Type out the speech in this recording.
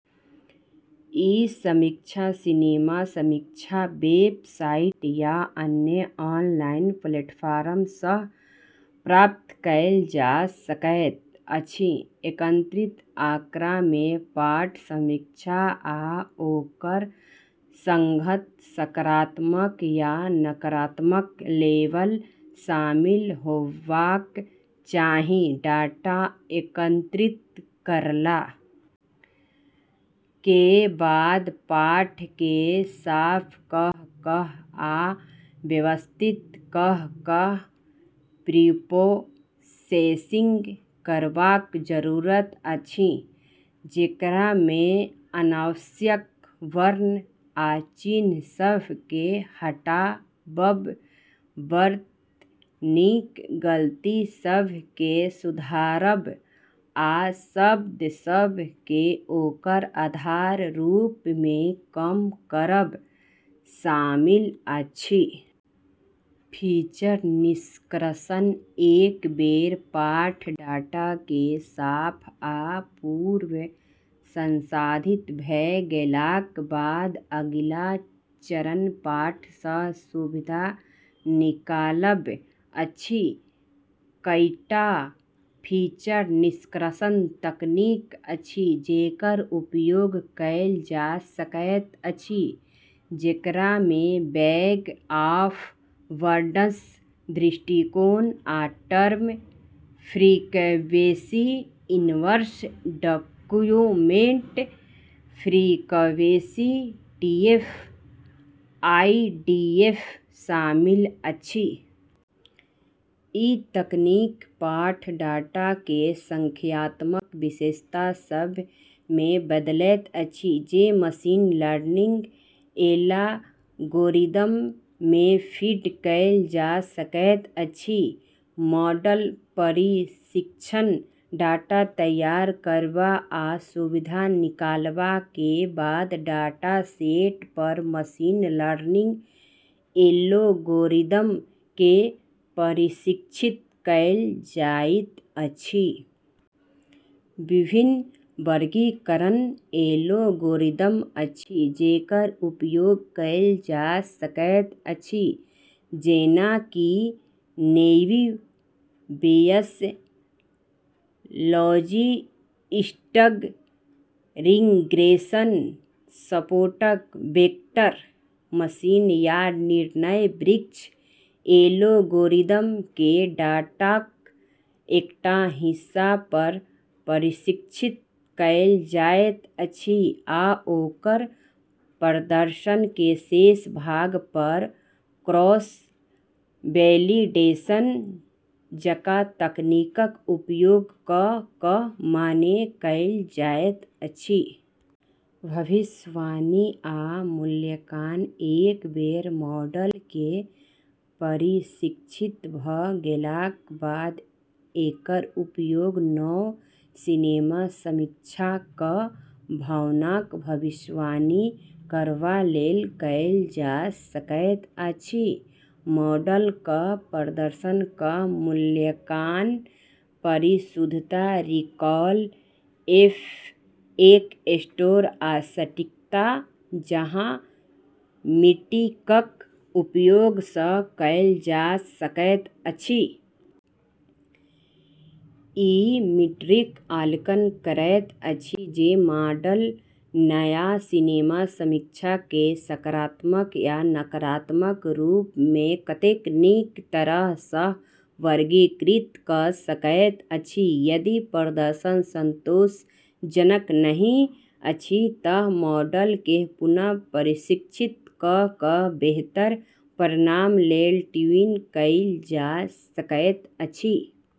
ई समीक्षा सिनेमा समीक्षा वेबसाइट या अन्य ऑनलाइन प्लेटफॉर्म सँ प्राप्त कएल जा सकैत अछि। एकत्रित आँकड़ा मे पाठ समीक्षा आ ओकर संगत सकारात्मक या नकारात्मक लेबल शामिल होबाक चाही। डाटा एकत्रित करला के बाद पाठ केँ साफ कऽ कऽ आ व्यवस्थित कऽ कऽ प्रीप्रोसेसिंग करबाक जरूरत अछि, जेकरा मे अनावश्यक वर्ण आ चिन्ह सभ केँ हटाबब, वर्तनीक गलती सभ केँ सुधारब आ शब्द सभ केँ ओकर आधार रूप मे कम करब शामिल अछि। फीचर निष्कर्षण एक बेर पाठ डाटा केँ साफ आ पूर्व संसाधित भऽ गेलाक बाद, अगिला चरण पाठ सँ सुविधा निकालब अछि। कईटा फीचर निष्कर्षण तकनीक अछि जेकर उपयोग कएल जा सकैत अछि, जेकरा मे बैग-ऑफ-वर्ड्स दृष्टिकोण आ term frequency inverse document frequency (TF IDF) शामिल अछि। ई तकनीक पाठ डाटा केँ संख्यात्मक विशेषता सभ मे बदलैत अछि जे मशीन लर्निंग एल्गोरिदम मे फीड कएल जा सकैत अछि। मॉडल प्रशिक्षण डाटा तैयार करबा आ सुविधा निकालबा के बाद डाटासेट पर मशीन लर्निंग एल्गोरिदम केँ प्रशिक्षित कएल जाइत अछि। विभिन्न वर्गीकरण एल्गोरिदम अछि जेकर उपयोग कएल जा सकैत अछि, जेना कि naive Bayes, logistic regression, support vector machine, या निर्णय वृक्ष। एल्गोरिदम केँ डाटाक एकटा हिस्सा पर प्रशिक्षित कएल जाइत अछि आ ओकर प्रदर्शन केँ शेष भाग पर क्रॉस-वैलिडेशन जकाँ तकनीकक उपयोग कऽ कऽ मान्य कएल जाइत अछि। भविष्यवाणी आ मूल्यांकन एक बेर मॉडल केँ प्रशिक्षित भऽ गेलाक बाद एकर उपयोग नव सिनेमा समीक्षाक भावनाक भविष्यवाणी करबा लेल कएल जा सकैत अछि। मॉडलक प्रदर्शनक मूल्यांकन परिशुद्धता, रिकॉल, एफ-एक स्कोर, आ सटीकता जकाँ मीट्रिकक उपयोग सँ कएल जा सकैत अछि। ई मीट्रिक आकलन करैत अछि जे मॉडल नया सिनेमा समीक्षा केँ सकारात्मक या नकारात्मक रूप मे कतेक नीक तरह सँ वर्गीकृत कऽ सकैत अछि। यदि प्रदर्शन संतोषजनक नहि अछि तँ मॉडल केँ पुनः प्रशिक्षित कऽ कऽ बेहतर परिणाम लेल ट्यून कएल जा सकैत अछि।